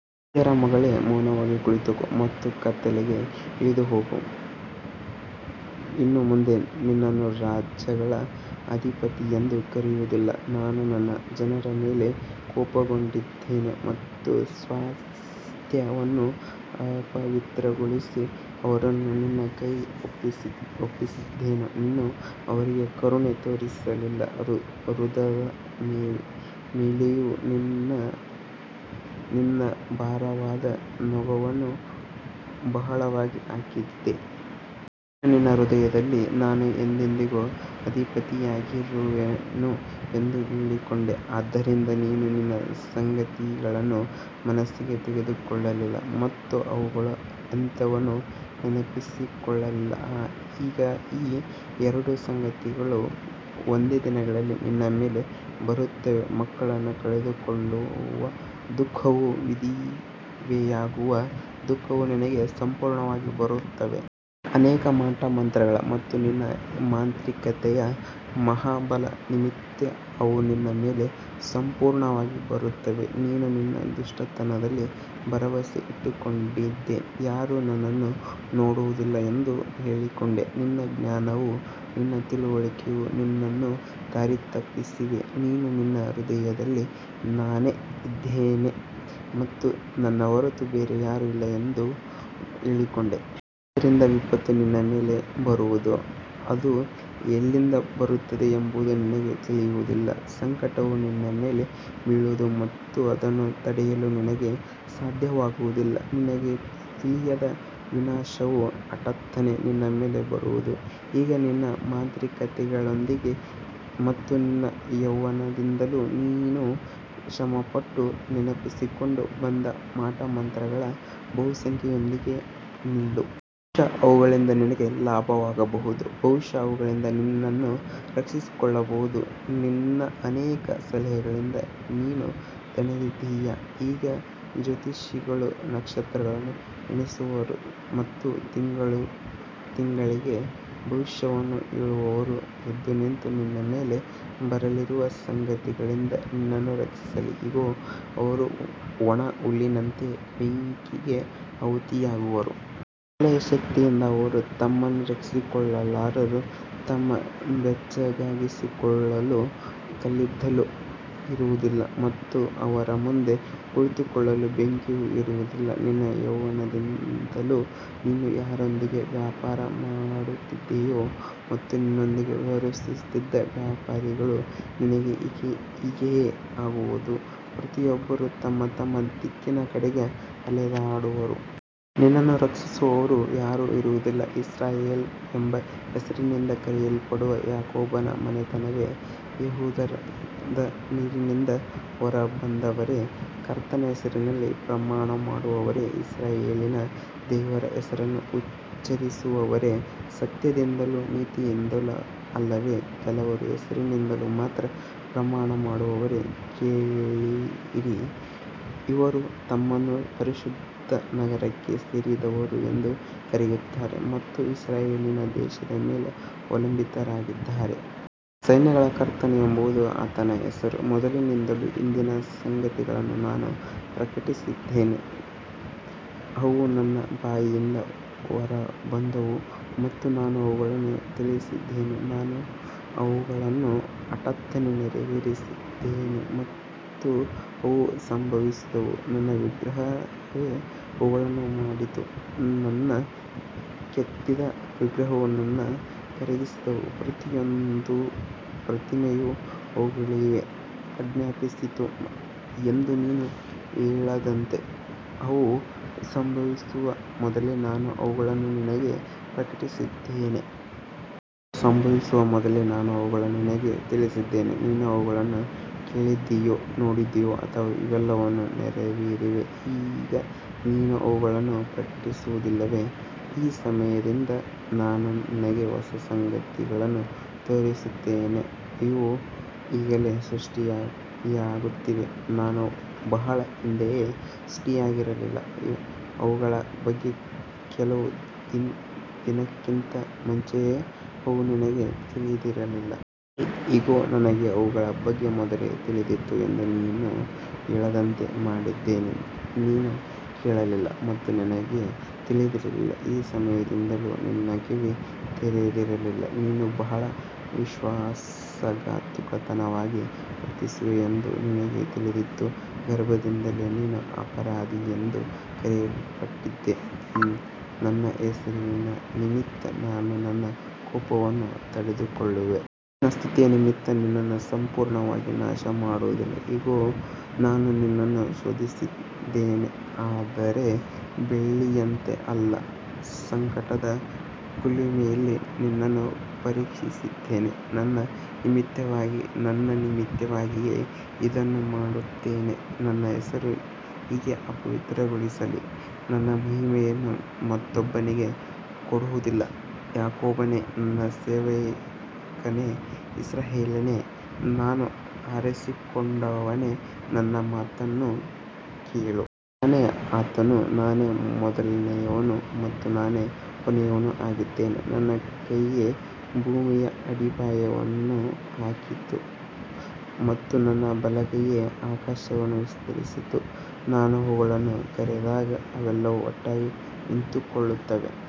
ಕಸ್ದೀಯರ ಮಗಳೇ, ಮೌನವಾಗಿ ಕುಳಿತುಕೋ ಮತ್ತು ಕತ್ತಲೆಗೆ ಇಳಿದುಹೋಗು. ಇನ್ನು ಮುಂದೆ ನಿನ್ನನ್ನು ರಾಜ್ಯಗಳ ಅಧಿಪತಿಯೆಂದು ಕರೆಯುವುದಿಲ್ಲ. ನಾನು ನನ್ನ ಜನರ ಮೇಲೆ ಕೋಪಗೊಂಡಿದ್ದೆನು. ನನ್ನ ಸ್ವಾಸ್ತ್ಯವನ್ನು ಅಪವಿತ್ರಗೊಳಿಸಿ ಅವರನ್ನು ನಿನ್ನ ಕೈಗೆ ಒಪ್ಪಿಸಿದ್ದೆನು. ನೀನು ಅವರಿಗೆ ಕರುಣೆ ತೋರಿಸಲಿಲ್ಲ. ವೃದ್ಧರ ಮೇಲೆಯೂ ನೀನು ನಿನ್ನ ಭಾರವಾದ ನೊಗವನ್ನು ಬಹಳವಾಗಿ ಹಾಕಿದ್ದೆ. ನೀನು ನಿನ್ನ ಹೃದಯದಲ್ಲಿ, ನಾನು ಎಂದೆಂದಿಗೂ ಅಧಿಪತಿಯಾಗಿರುವೆನು ಎಂದು ಹೇಳಿಕೊಂಡೆ. ಆದ್ದರಿಂದ ನೀನು ಈ ಸಂಗತಿಗಳನ್ನು ಮನಸ್ಸಿಗೆ ತೆಗೆದುಕೊಳ್ಳಲಿಲ್ಲ ಮತ್ತು ಅವುಗಳ ಅಂತ್ಯವನ್ನು ನೆನಪಿಸಿಕೊಳ್ಳಲಿಲ್ಲ. ಈಗ ಈ ಎರಡು ಸಂಗತಿಗಳು ಒಂದೇ ದಿನದಲ್ಲಿ ನಿನ್ನ ಮೇಲೆ ಬರುತ್ತವೆ. ಮಕ್ಕಳನ್ನು ಕಳೆದುಕೊಳ್ಳುವ ದುಃಖವೂ ವಿಧವೆಯಾಗುವ ದುಃಖವೂ ನಿನಗೆ ಸಂಪೂರ್ಣವಾಗಿ ಬರುತ್ತವೆ. ನಿನ್ನ ಅನೇಕ ಮಾಟಮಂತ್ರಗಳ ಮತ್ತು ನಿನ್ನ ಮಾಂತ್ರಿಕತೆಯ ಮಹಾ ಬಲದ ನಿಮಿತ್ತ ಅವು ನಿನ್ನ ಮೇಲೆ ಸಂಪೂರ್ಣವಾಗಿ ಬರುತ್ತವೆ. ನೀನು ನಿನ್ನ ದುಷ್ಟತನದಲ್ಲಿ ಭರವಸೆ ಇಟ್ಟುಕೊಂಡಿದ್ದೆ. ಯಾರೂ ನನ್ನನ್ನು ನೋಡುವುದಿಲ್ಲ ಎಂದು ಹೇಳಿಕೊಂಡೆ. ನಿನ್ನ ಜ್ಞಾನವೂ ನಿನ್ನ ತಿಳುವಳಿಕೆಯೂ ನಿನ್ನನ್ನು ದಾರಿ ತಪ್ಪಿಸಿವೆ. ನೀನು ನಿನ್ನ ಹೃದಯದಲ್ಲಿ, ನಾನೇ ಇದ್ದೇನೆ ಮತ್ತು ನನ್ನ ಹೊರತು ಬೇರೆ ಯಾರೂ ಇಲ್ಲ ಎಂದು ಹೇಳಿಕೊಂಡೆ. ಆದ್ದರಿಂದ ವಿಪತ್ತು ನಿನ್ನ ಮೇಲೆ ಬರುವುದು. ಅದು ಎಲ್ಲಿಂದ ಬರುತ್ತದೆ ಎಂಬುದು ನಿನಗೆ ತಿಳಿಯುವುದಿಲ್ಲ. ಸಂಕಟವು ನಿನ್ನ ಮೇಲೆ ಬೀಳುವುದು ಮತ್ತು ಅದನ್ನು ತಡೆಯಲು ನಿನಗೆ ಸಾಧ್ಯವಾಗುವುದಿಲ್ಲ. ನಿನಗೆ ತಿಳಿಯದ ವಿನಾಶವು ಹಠಾತ್ತನೆ ನಿನ್ನ ಮೇಲೆ ಬರುವುದು. ಈಗ ನಿನ್ನ ಮಾಂತ್ರಿಕತೆಗಳೊಂದಿಗೆ ಮತ್ತು ನಿನ್ನ ಯೌವನದಿಂದಲೂ ನೀನು ಶ್ರಮಪಟ್ಟು ನಡೆಸಿಕೊಂಡು ಬಂದ ಮಾಟಮಂತ್ರಗಳ ಬಹುಸಂಖ್ಯೆಯೊಂದಿಗೆ ನಿಲ್ಲು. ಬಹುಶಃ ಅವುಗಳಿಂದ ನಿನಗೆ ಲಾಭವಾಗಬಹುದು. ಬಹುಶಃ ಅವುಗಳಿಂದ ನಿನ್ನನ್ನು ರಕ್ಷಿಸಿಕೊಳ್ಳಬಹುದು. ನಿನ್ನ ಅನೇಕ ಸಲಹೆಗಳಿಂದ ನೀನು ದಣಿದಿದ್ದೀಯ. ಈಗ ಜ್ಯೋತಿಷಿಗಳು, ನಕ್ಷತ್ರಗಳನ್ನು ಗಮನಿಸುವವರು ಮತ್ತು ತಿಂಗಳುತಿಂಗಳಿಗೆ ಭವಿಷ್ಯವನ್ನು ಹೇಳುವವರು ಎದ್ದು ನಿಂತು ನಿನ್ನ ಮೇಲೆ ಬರಲಿರುವ ಸಂಗತಿಗಳಿಂದ ನಿನ್ನನ್ನು ರಕ್ಷಿಸಲಿ. ಇಗೋ, ಅವರು ಒಣ ಹುಲ್ಲಿನಂತೆಯೇ ಬೆಂಕಿಗೆ ಆಹುತಿಯಾಗುವರು. ಜ್ವಾಲೆಯ ಶಕ್ತಿಯಿಂದ ಅವರು ತಮ್ಮನ್ನೇ ರಕ್ಷಿಸಿಕೊಳ್ಳಲಾರರು. ತಮ್ಮನ್ನು ಬೆಚ್ಚಗಾಗಿಸಿಕೊಳ್ಳಲು ಕಲ್ಲಿದ್ದಲೂ ಇರುವುದಿಲ್ಲ ಮತ್ತು ಅದರ ಮುಂದೆ ಕುಳಿತುಕೊಳ್ಳಲು ಬೆಂಕಿಯೂ ಇರುವುದಿಲ್ಲ. ನಿನ್ನ ಯೌವನದಿಂದಲೂ ನೀನು ಯಾರೊಂದಿಗೆ ವ್ಯಾಪಾರ ಮಾಡುತ್ತಿದ್ದೀಯೋ ಮತ್ತು ನಿನ್ನೊಂದಿಗೆ ವ್ಯವಹರಿಸುತ್ತಿದ್ದ ವ್ಯಾಪಾರಿಗಳೂ ನಿನಗೆ ಹೀಗೆಯೇ ಆಗುವರು. ಪ್ರತಿಯೊಬ್ಬರೂ ತಮ್ಮ ತಮ್ಮ ದಿಕ್ಕಿನ ಕಡೆಗೆ ಅಲೆದಾಡುವರು. ನಿನ್ನನ್ನು ರಕ್ಷಿಸುವವರು ಯಾರೂ ಇರುವುದಿಲ್ಲ. ಇಸ್ರಾಯೇಲ್ ಎಂಬ ಹೆಸರಿನಿಂದ ಕರೆಯಲ್ಪಡುವ ಯಾಕೋಬನ ಮನೆತನವೇ, ಯೆಹೂದದ ನೀರಿನಿಂದ ಹೊರಬಂದವರೇ, ಕರ್ತನ ಹೆಸರಿನಲ್ಲಿ ಪ್ರಮಾಣಮಾಡುವವರೇ, ಇಸ್ರಾಯೇಲಿನ ದೇವರ ಹೆಸರನ್ನು ಉಚ್ಚರಿಸುವವರೇ, ಸತ್ಯದಿಂದಲೂ ನೀತಿಯಿಂದಲೂ ಅಲ್ಲದೆ ಕೇವಲ ಹೆಸರಿನಿಂದ ಮಾತ್ರ ಪ್ರಮಾಣಮಾಡುವವರೇ, ಕೇಳಿರಿ. ಅವರು ತಮ್ಮನ್ನು ಪರಿಶುದ್ಧ ನಗರಕ್ಕೆ ಸೇರಿದವರು ಎಂದು ಕರೆಯುತ್ತಾರೆ ಮತ್ತು ಇಸ್ರಾಯೇಲಿನ ದೇವರ ಮೇಲೆ ಅವಲಂಬಿತರಾಗಿದ್ದಾರೆ. ಸೈನ್ಯಗಳ ಕರ್ತನು ಎಂಬುದು ಆತನ ಹೆಸರು. ಮೊದಲಿನಿಂದಲೂ ಹಿಂದಿನ ಸಂಗತಿಗಳನ್ನು ನಾನು ಪ್ರಕಟಿಸಿದ್ದೇನೆ. ಅವು ನನ್ನ ಬಾಯಿಂದ ಹೊರಬಂದವು ಮತ್ತು ನಾನು ಅವುಗಳನ್ನು ತಿಳಿಸಿದೆನು. ನಾನು ಅವುಗಳನ್ನು ಹಠಾತ್ತನೆ ನೆರವೇರಿಸಿದೆನು ಮತ್ತು ಅವು ಸಂಭವಿಸಿದವು. ನನ್ನ ವಿಗ್ರಹವೇ ಅವುಗಳನ್ನು ಮಾಡಿತು, ನನ್ನ ಕೆತ್ತಿದ ವಿಗ್ರಹವೂ ನನ್ನ ಕರಗಿಸಿದ ಪ್ರತಿಮೆಯೂ ಅವುಗಳಿಗೆ ಆಜ್ಞಾಪಿಸಿತು ಎಂದು ನೀನು ಹೇಳದಂತೆ, ಅವು ಸಂಭವಿಸುವ ಮೊದಲೇ ನಾನು ಅವುಗಳನ್ನು ನಿನಗೆ ಪ್ರಕಟಿಸಿದ್ದೇನೆ. ಅವು ಸಂಭವಿಸುವ ಮೊದಲೇ ನಾನು ಅವುಗಳನ್ನು ನಿನಗೆ ತಿಳಿಸಿದ್ದೇನೆ. ನೀನು ಅವುಗಳನ್ನು ಕೇಳಿದ್ದೀಯೆ, ನೋಡಿದ್ದೀಯೆ ಮತ್ತು ಇವೆಲ್ಲವೂ ನೆರವೇರಿವೆ. ಈಗ ನೀನು ಅವುಗಳನ್ನು ಪ್ರಕಟಿಸುವುದಿಲ್ಲವೇ? ಈ ಸಮಯದಿಂದ ನಾನು ನಿನಗೆ ಹೊಸ ಸಂಗತಿಗಳನ್ನು ತೋರಿಸುತ್ತೇನೆ. ಅವು ಈಗಲೇ ಸೃಷ್ಟಿಯಾಗುತ್ತಿವೆ. ಅವು ಬಹಳ ಹಿಂದೆಯೇ ಸೃಷ್ಟಿಯಾಗಿರಲಿಲ್ಲ. ಅವುಗಳ ಬಗ್ಗೆ ಕೇಳುವ ದಿನಕ್ಕಿಂತ ಮುಂಚೆಯೇ ಅವು ನಿನಗೆ ತಿಳಿದಿರಲಿಲ್ಲ. ಹೀಗೆ, ಇಗೋ, ನನಗೆ ಅವುಗಳ ಬಗ್ಗೆ ಮೊದಲೇ ತಿಳಿದಿತ್ತು ಎಂದು ನೀನು ಹೇಳದಂತೆ ಮಾಡಿದ್ದೇನೆ. ನೀನು ಕೇಳಲಿಲ್ಲ ಮತ್ತು ನಿನಗೆ ತಿಳಿದಿರಲಿಲ್ಲ. ಆ ಸಮಯದಿಂದಲೂ ನಿನ್ನ ಕಿವಿ ತೆರೆದಿರಲಿಲ್ಲ. ನೀನು ಬಹಳ ವಿಶ್ವಾಸಘಾತುಕವಾಗಿ ವರ್ತಿಸುವೆ ಎಂದು ನನಗೆ ತಿಳಿದಿತ್ತು. ಗರ್ಭದಿಂದಲೇ ನೀನು ಅಪರಾಧಿಯೆಂದು ಕರೆಯಲ್ಪಟ್ಟಿದ್ದೆ. ನನ್ನ ಹೆಸರಿನ ನಿಮಿತ್ತ ನಾನು ನನ್ನ ಕೋಪವನ್ನು ತಡೆದುಕೊಳ್ಳುವೆನು. ನನ್ನ ಸ್ತುತಿಯ ನಿಮಿತ್ತ ನಿನ್ನನ್ನು ಸಂಪೂರ್ಣವಾಗಿ ನಾಶಮಾಡುವುದಿಲ್ಲ. ಇಗೋ, ನಾನು ನಿನ್ನನ್ನು ಶೋಧಿಸಿದ್ದೇನೆ, ಆದರೆ ಬೆಳ್ಳಿಯಂತೆ ಅಲ್ಲ. ಸಂಕಟದ ಕುಲುಮೆಯಲ್ಲಿ ನಿನ್ನನ್ನು ಪರೀಕ್ಷಿಸಿದ್ದೇನೆ. ನನ್ನ ನಿಮಿತ್ತವಾಗಿಯೇ, ನನ್ನ ನಿಮಿತ್ತವಾಗಿಯೇ ಇದನ್ನು ಮಾಡುತ್ತೇನೆ. ನನ್ನ ಹೆಸರನ್ನು ಹೇಗೆ ಅಪವಿತ್ರಗೊಳಿಸಲಿ? ನನ್ನ ಮಹಿಮೆಯನ್ನು ಮತ್ತೊಬ್ಬನಿಗೆ ಕೊಡುವುದಿಲ್ಲ. ಯಾಕೋಬನೇ, ನನ್ನ ಸೇವಕನೇ, ಇಸ್ರಾಯೇಲೇ, ನಾನು ಆರಿಸಿಕೊಂಡವನೇ, ನನ್ನ ಮಾತನ್ನು ಕೇಳು. ನಾನೇ ಆತನು. ನಾನೇ ಮೊದಲನೆಯವನು ಮತ್ತು ನಾನೇ ಕೊನೆಯವನೂ ಆಗಿದ್ದೇನೆ. ನನ್ನ ಕೈಯೇ ಭೂಮಿಯ ಅಡಿಪಾಯವನ್ನು ಹಾಕಿತು ಮತ್ತು ನನ್ನ ಬಲಗೈಯೇ ಆಕಾಶಗಳನ್ನು ವಿಸ್ತರಿಸಿತು. ನಾನು ಅವುಗಳನ್ನು ಕರೆದಾಗ ಅವೆಲ್ಲವೂ ಒಟ್ಟಾಗಿ ನಿಂತುಕೊಳ್ಳುತ್ತವೆ.